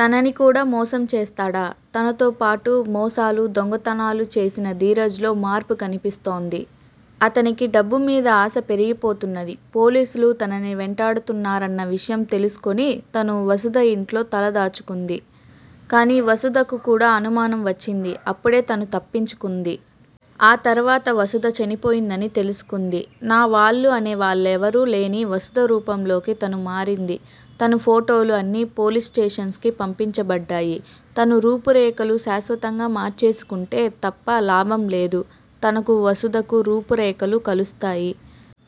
తనని కూడా మోసం చేస్తాడా. తనతోపాటు, మోసాలు, దొంగతనాలు చేసిన ధీరజ్ లో మార్పు కనిపిస్తోంది. అతనికి డబ్బు మీద ఆశ పెరిగిపోతున్నది. పోలీసులు తనని వెంటాడుతున్నారన్న విషయం తెలుసుకొని తను వసుధ ఇంట్లో తల దాచుకుంది. కానీ వసుధకు కూడా అనుమానం వచ్చింది. అప్పుడే తను తప్పించుకుంది. ఆ తర్వాత వసుధ చనిపోయిందని తెలుసుకుంది. నా' వాళ్ళు అనే వాళ్ళేవరూ లేని వసుధ రూపంలోకి తను మారింది. తను ఫోటోలు అన్నీ పోలీస్ స్టేషన్స్ కి పంపించబడ్డాయి. తను రూపురేఖలు శాశ్వతంగా మార్చేసుకుంటే తప్ప లాభం లేదు. తనకూ వసుధకు రూపు రేఖలు కలుస్తాయి.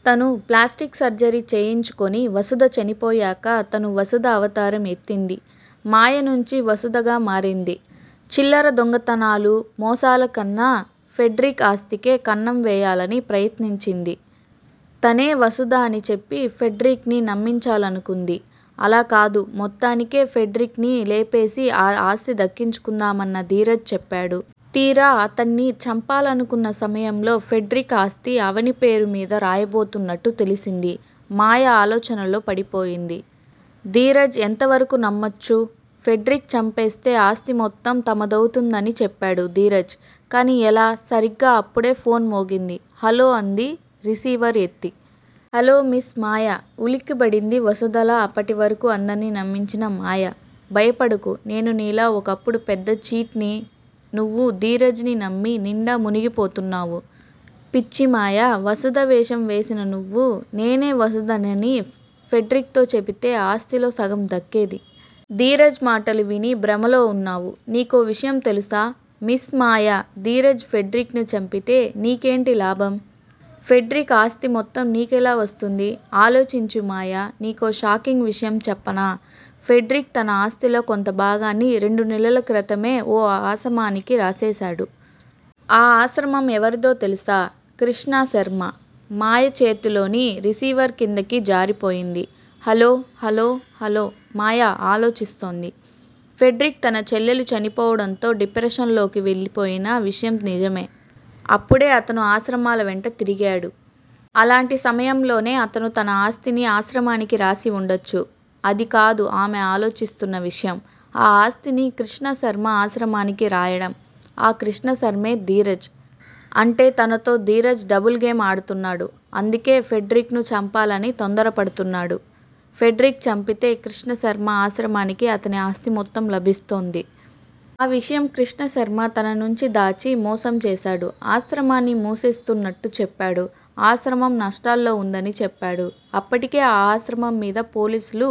తను ప్లాస్టిక్ సర్జరీ చేయించుకుని వసుధ చనిపోయాక తను వసుధ అవతారం ఎత్తింది. మాయ నుంచి వసుధగా మారింది. చిల్లర దొంగతనాలు, మోసాలుకన్నా, ఫెడ్రిక్ ఆస్తికే కన్నం వేయాలని ప్రయత్నించింది. తనే వసుధ అని చెప్పి ఫెడ్రిక్ ని నమ్మించాలనుకుంది. అలాకాదు మొత్తానికే ఫెడ్రిక్ ని లేపేసి ఆ ఆస్తి దక్కించుకుందామన ధీరజ్ చెప్పాడు. తీరా, అతడ్ని చంపాలనుకున్న సమయంలో ఫెడ్రిక్ ఆస్తి అవని పేరు మీద రాయబోతున్నట్టు తెలిసింది. మాయ ఆలోచనలో పడిపోయింది. ధీరజ్ ఎంతవరకు నమ్మొచ్చు. ఫెడ్రిక్ చంపేస్తే ఆస్తి మొత్తం తమదవుతుందని చెప్పాడు ధీరజ్. కాని ఎలా? సరిగ్గా అప్పుడే ఫోన్ మోగింది. హలో అంది రిసీవర్ ఎత్తి. హలో మిస్ మాయా ఉలిక్కిపడింది వసుధలా అప్పటివరకు అందర్నీ నమ్మించిన మాయ. భయపడకు నేనూ నీలా ఒకప్పుడు పెద్ద ఛీట్ ని. నువ్వు ధీరజ్ ని నమ్మి నిండా మునిగిపోతున్నావు. పిచ్చి మాయా వసుధ వేషం వేసిన నువ్వు నేనే వసుధను అని ఫెడ్రిక్ తో చెబితే ఆస్తిలో సగం దక్కేది. ధీరజ్ మాటలు విని భ్రమలో వున్నావు. నీకో విషయం తెలుసా మిస్ మాయా, ధీరజ్ ఫెడ్రిక్ ను చంపితే, నీకేంటి లాభం? ఫెడ్రిక్ ఆస్తి మొత్తం నీకెలా వస్తుంది? ఆలోచించు మాయా నీకో షాకింగ్ విషయం చెప్పనా? ఫెడ్రిక్ తన ఆస్తిలో కొంత భాగాన్ని రెండు నెలల క్రితమే ఓ ఆశమానికి రాసేసాడు. ఆ ఆశ్రమం ఎవరిదో తెలుసా కృ ష్ణ శ ర్మ. మాయ చేతిలోని రిసీవర్ కిందికి జారిపోయింది. హ లో హ లో హ లో మాయ ఆలోచిస్తోంది. ఫెడ్రిక్ తన చెల్లెలు చనిపోవడం తో డిప్రెషన్ లోకి వెళ్ళిపోయిన విషయం నిజమే. అప్పడే అతను ఆశ్రమాల వెంట తిరిగాడు. అలాంటి సమయంలోనే అతను తన ఆస్తిని ఆశ్రమానికి రాసి వుండొచ్చు. అది కాదు ఆమె ఆలోచిస్తోన్న విషయం. ఆ ఆస్తిని కృష్ణశర్మ ఆశ్రమానికి రాయడం, ఆ కృష్టశర్మే ధీరజ్. అంటే తనతో ధీరజ్ డబుల్ గేమ్ ఆడుతున్నాడు. అందుకే, ఫెడ్రిక్ ను చంపాలని తోందరపడుతున్నాడు. ఫెడ్రిక్ చంపితే కృష్ణశర్మ ఆశ్రమానికి అతని ఆస్తి మొత్తం లభిస్తుంది. ఆ విషయం కృష్ణశర్మ తన నుంచి దాచి, మోసం చేసాడు. ఆశ్రమాన్ని మూసేస్తున్నట్టు చెప్పాడు. ఆశ్రమం నష్టాల్లో వుందని చెప్పాడు. అప్పటికే ఆ ఆశ్రమం మీద పొలీసులు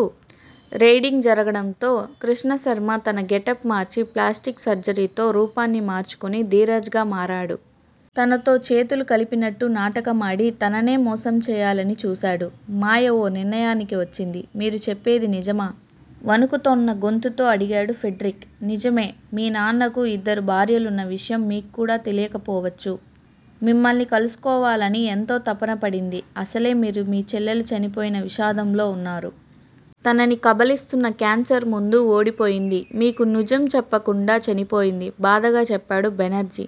రెయిడింగ్ జరగడంతో, కృష్ణశర్మ తన గెటప్ మార్చి ప్లాస్టిక్ సర్జరీతో రూపాన్ని మార్చుకొని ధీరజ్ గా మారాడు. తనతో చేతులు కలిపినట్టు నాటకమాడి తననే మోసం చేయాలని చూసాడు. మాయ ఓ నిర్ణయానికి వచ్చింది మీరు చెప్పేది నిజమా? వణుకుతోన్న గొంతుతో అడుగాడు ఫెడ్రిక్. నిజమే మీ నాన్నకు ఇద్దరు భార్యలున్న విషయం మీక్కూడా తెలియకపోవచ్చు. మిమ్మల్ని కలుసుకోవాలని ఎంతో తపన పడింది. అసలే మీరు మీ చెల్లెలు చనిపోయిన విషాదంలో వున్నారు. తనని కబళిస్తోన్న క్యాన్సర్ ముందు ఓడిపోయింది. మీకు నుజం చెప్పకుండా చనిపోయింది. బాధగా చెప్పాడు బెనర్జీ.